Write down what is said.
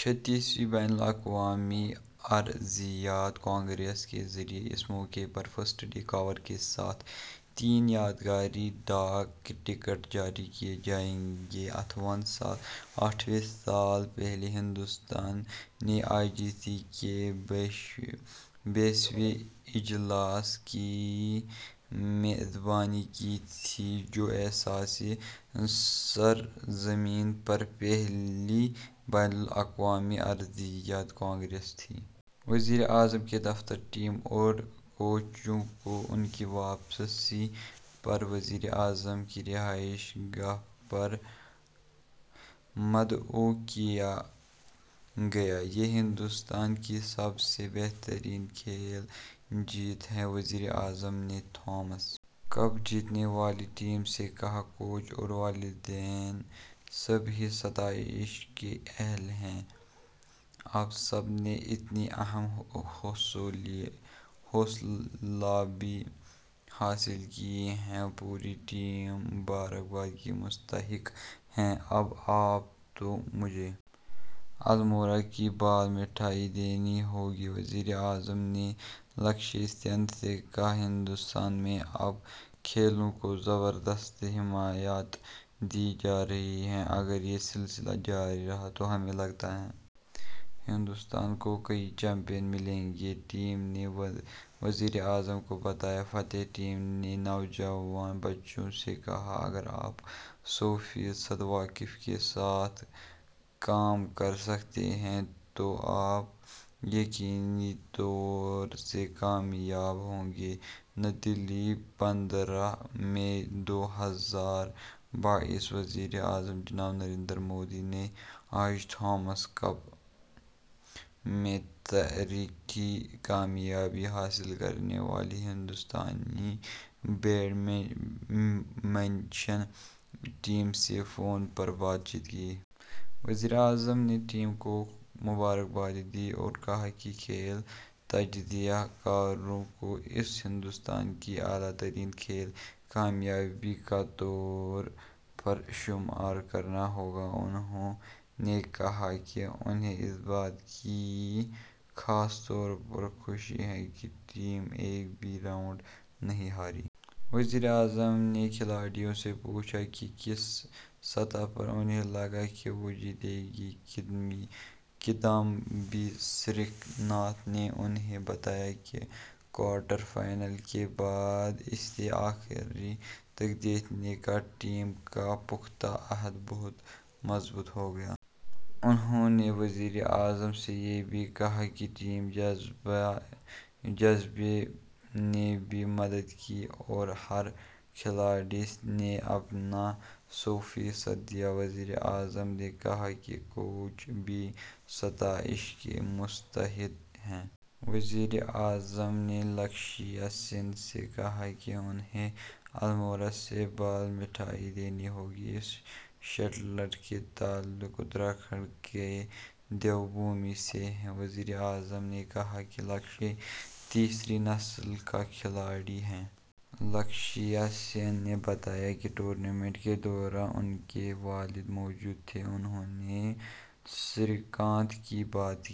چھتیسویں بین الاقوامی ارضیاتی کانگریس کے ذریعہ اس موقع پر فرسٹ ڈے کور کے ساتھ تین یادگاری ڈاک ٹکٹ جاری کئے جائیں گے۔ اٹھاون سال پہلے ہندوستان نے آئی جی سی کے بائیسویں اجلاس کی میزبانی کی تھی جو ایشیائی سرزمین پر پہلی بین الاقوامی ارضیاتی کانگریس تھی۔ وزیراعظم کا دفتر ٹیم اور کوچوں کو اُن کی واپسی پر وزیر اعظم کی رہائش گاہ پر مدعو کیا گیا یہ ہندوستان کی سب سے بہترین کھیل جیت ہے وزیر اعظم نے تھامس کپ جیتنے والی ٹیم سے کہا کوچ اور والدین سبھی ستائش کے اہل ہیں آپ سب نے اتنی اہم حصولیابی حاصل کی ہے پوری ٹیم مبارکباد کی مستحق ہے اب آپ کو مجھے الموڑا کی بال مٹھائی دینی ہوگی وزیر اعظم نے لکشیہ سین سے کہا ہندوستان میں اب کھیلوں کو زبردست حمایت دی جا رہی ہے اگر یہ سلسلہ جاری رہا تو ہمیں لگتا ہے ہندوستان کو کئی چیمپئن ملیں گے ٹیم نے وزیر اعظم کو بتایا فاتح ٹیم نے نوجوان بچوں سے اگر آپ سو فیصد وقف کے ساتھ کام کرسکتے ہیں تو آپ یقینی طور سے کامیاب ہوں گے نئی دہلی پندرہ مئی دو ہزار بائیس وزیر اعظم جناب نریندر مودی نے آج تھامس کپ میں تاریخی کامیابی حاصل کرنے والی ہندوستانی بیڈ منٹن ٹیم سے فون پر بات چیت کی۔ وزیر اعظم نے ٹیم کو مبارکباد دی اور کہا کہ کھیل تجزیہ کاروں کو اسے ہندوستان کی اعلیٰ ترین کھیل کامیابی کے طور پر شمار کرنا ہوگا۔ انہوں نے کہا کہ انہیں اس بات کی خاص طور پر خوشی ہے کہ ٹیم ایک بھی راؤنڈ نہیں ہاری۔ وزیر اعظم نے کھلاڑیوں سے پوچھا کہ کس سطح پر اُنہیں لگا کہ وہ جیتیں گے۔ کِدامبی سریکانت نے انہیں بتایا کہ کوارٹر فائنل کے بعد اسے آخر تک دیکھنے کا ٹیم کا پختہ عہد بہت مضبوط ہوگیا۔ انہوں نے وزیر اعظم سے یہ بھی کہا کہ ٹیم جذبے نے بھی مدد کی اور ہر کھلاڑی نے اپنا سو فیصد دیا۔ وزیر اعظم نے کہا کہ کوچ بھی ستائش کے مستحق ہیں۔ وزیر اعظم نے لکشیہ سین سے کہا کہ انہیں الموڑا سے بال مٹھائی دینی ہوگی۔ اس شٹلر کا تعلق اتراکھنڈ کے دیو بھومی سے ہے۔ وزیر اعظم نے کہا کہ لکشیہ تیسری نسل کا کھلاڑی ہے۔ لکشیہ سین نے بتایا کہ ٹورنامنٹ کے دوران ان کے والد موجود تھے۔ انہوں نے سری کانت کی بات کی